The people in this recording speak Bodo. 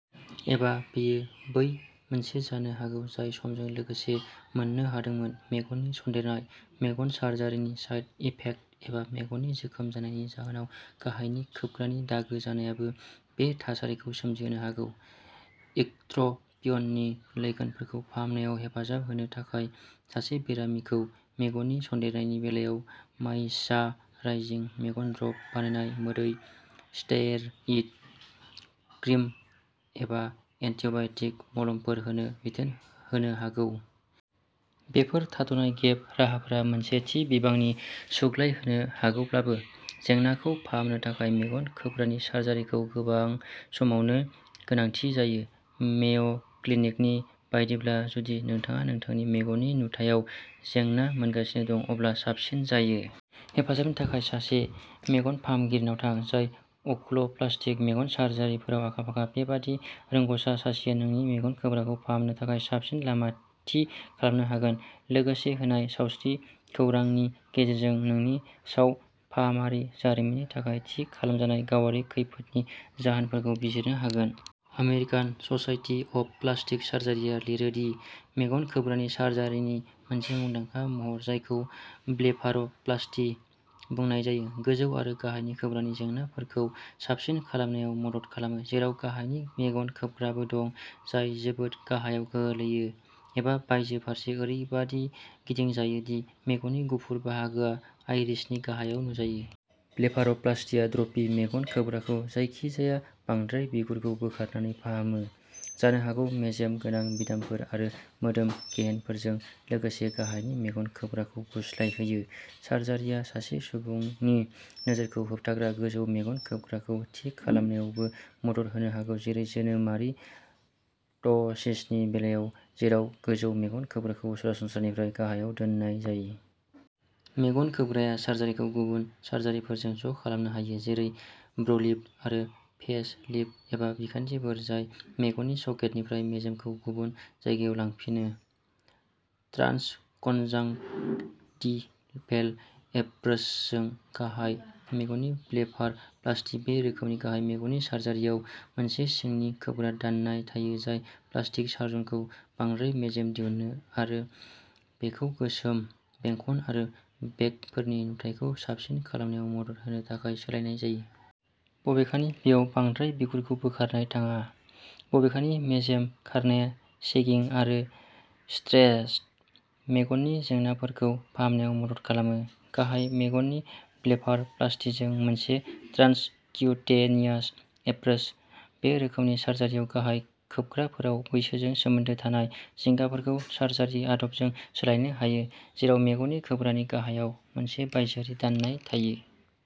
एबा बेयो बै मोनसे जानो हागौ जाय समजों लोगोसे मोननो हादोंमोन। मेगननि सन्देरनाय, मेगन सार्जारिनि साइड इफेक्ट एबा मेगननि जोखोम जानायनि जाहोनाव गाहायनि खोबग्रानि दागो जानायाबो बे थासारिखौ सोमजिहोनो हागौ। इक्ट्र'पिय'ननि लैखोनफोरखौ फाहामनायाव हेफाजाब होनो थाखाय, सासे बेरामिखौ मेगननि सन्देरनायनि बेलायाव मायिश्चाराइजिं मेगन ड्रप, बानायनाय मोदै, स्टेरइड क्रिम एबा एन्टिबाय'टिक मलमफोर होनो बिथोन होनो हागौ। बेफोर थाद'नाय गेप राहाफोरा मोनसे थि बिबांनि सुग्लाय होनो हागौब्लाबो, जेंनाखौ फाहामनो थाखाय मेगन खोबग्रानि सार्जारिखौ गोबां समावनो गोनांथि जायो। मेय'क्लिनिकनि बायदिब्ला, जुदि नोंथाङा नोंथांनि मेगननि नुथायाव जेंना मोनगासिनो दं, अब्ला साबसिन जायो। हेफाजाबनि थाखाय सासे मेगन फाहामगिरिनाव थां, जाय अकुल'प्लास्टिक मेगन सार्जारिफोराव आखा-फाखा। बेबादि रोंग'सा सासेआ नोंनि मेगन खोबग्राखौ फाहामनो थाखाय साबसिन लामा थि खालामनो हागोन, लोगोसे होनाय सावस्रि खौरांनि गेजेरजों नोंनि सावफाहामारि जारिमिननि थाखाय थि खालामजानाय गावारि खैफोदनि जाहोनफोरखौ बिजिरनो हागोन। आमेरिकान स'साइटि अफ प्लास्टिक सार्जारिआ लिरो दि मेगन खोबग्रानि सार्जारिनि मोनसे मुंदांखा महर-जायखौ ब्लेफार'प्लास्टि बुंनाय जायो-गोजौ आरो गाहायनि खोबग्रानि जेंनाफोरखौ साबसिन खालामनायाव मदद खालामो, जेराव गाहायनि मेगन खोबग्राबो दं, जाय जोबोद गाहायाव गोलैयो एबा बायजो फारसे ओरैबादि गिदिंजायो दि मेगननि गुफुर बाहागोआ आइरिसनि गाहायाव नुजायो। ब्लेफार'प्लास्टिया ड्रपि मेगन खोबग्राखौ जायखिजाया बांद्राय बिगुरखौ बोखारनानै फाहामो, जानो हागौ मेजेम गोनां बिदामफोर आरो मोदोम गेहेनफोरजों लोगोसे गाहायनि मेगन खोबग्राखौ गुस्लायहोयो। सार्जारिआ सासे सुबुंनि नोजोरखौ होबथाग्रा गोजौ मेगन खोबग्राखौ थि खालामनायावबो मदद होनो हागौ, जेरै जोनोमारि प्ट'सिसनि बेलायाव, जेराव गोजौ मेगन खोबग्राखौ सरासनस्रानिफ्राय गाहायाव दोननाय जायो। मेगन खोबग्राया सार्जारिखौ गुबुन सार्जारिफोरजों ज'खालामनो हायो, जेरै ब्र'लिफ्ट आरो फेस लिफ्ट, एबा बिखान्थिफोर जाय मेगननि सकेटनिफ्राय मेजेमखौ गुबुन जायगायाव लांफिनो। ट्रान्सकन्जांक्टिभेल एप्रोचजों गाहाय मेगननि ब्लेफारप्लास्टि बे रोखोमनि गाहाय मेगननि सार्जारिआव मोनसे सिंनि खोबग्रा दाननाय थायो जाय प्लास्टिक सार्जनखौ बांद्राय मेजेम दिहुननो आरो बेखौ गोसोम बेंखन आरो बेगफोरनि नुथायखौ साबसिन खालामनायाव मदद होनो थाखाय सोलायनाय जायो। बबेखानि, बेयाव बांद्राय बिगुरखौ बोखारनाय थाङा, बबेखानि मेजेम खारनाया सेगिं आरो स्ट्रेच्ड मेगननि जेंनाफोरखौ फाहामनायाव मदद खालामो। गाहाय मेगननि ब्लेफारप्लास्टिजों मोनसे ट्रान्सक्युटेनियास एप्रोच बे रोखोमनि सार्जारिआव गाहाय खोबग्राफोराव, बैसोजों सोमोन्दो थानाय जिंगाफोरखौ सार्जारि आदबजों सोलायनो हायो, जेराव मेगननि खोबग्रानि गाहायाव मोनसे बायजोआरि दाननाय थायो।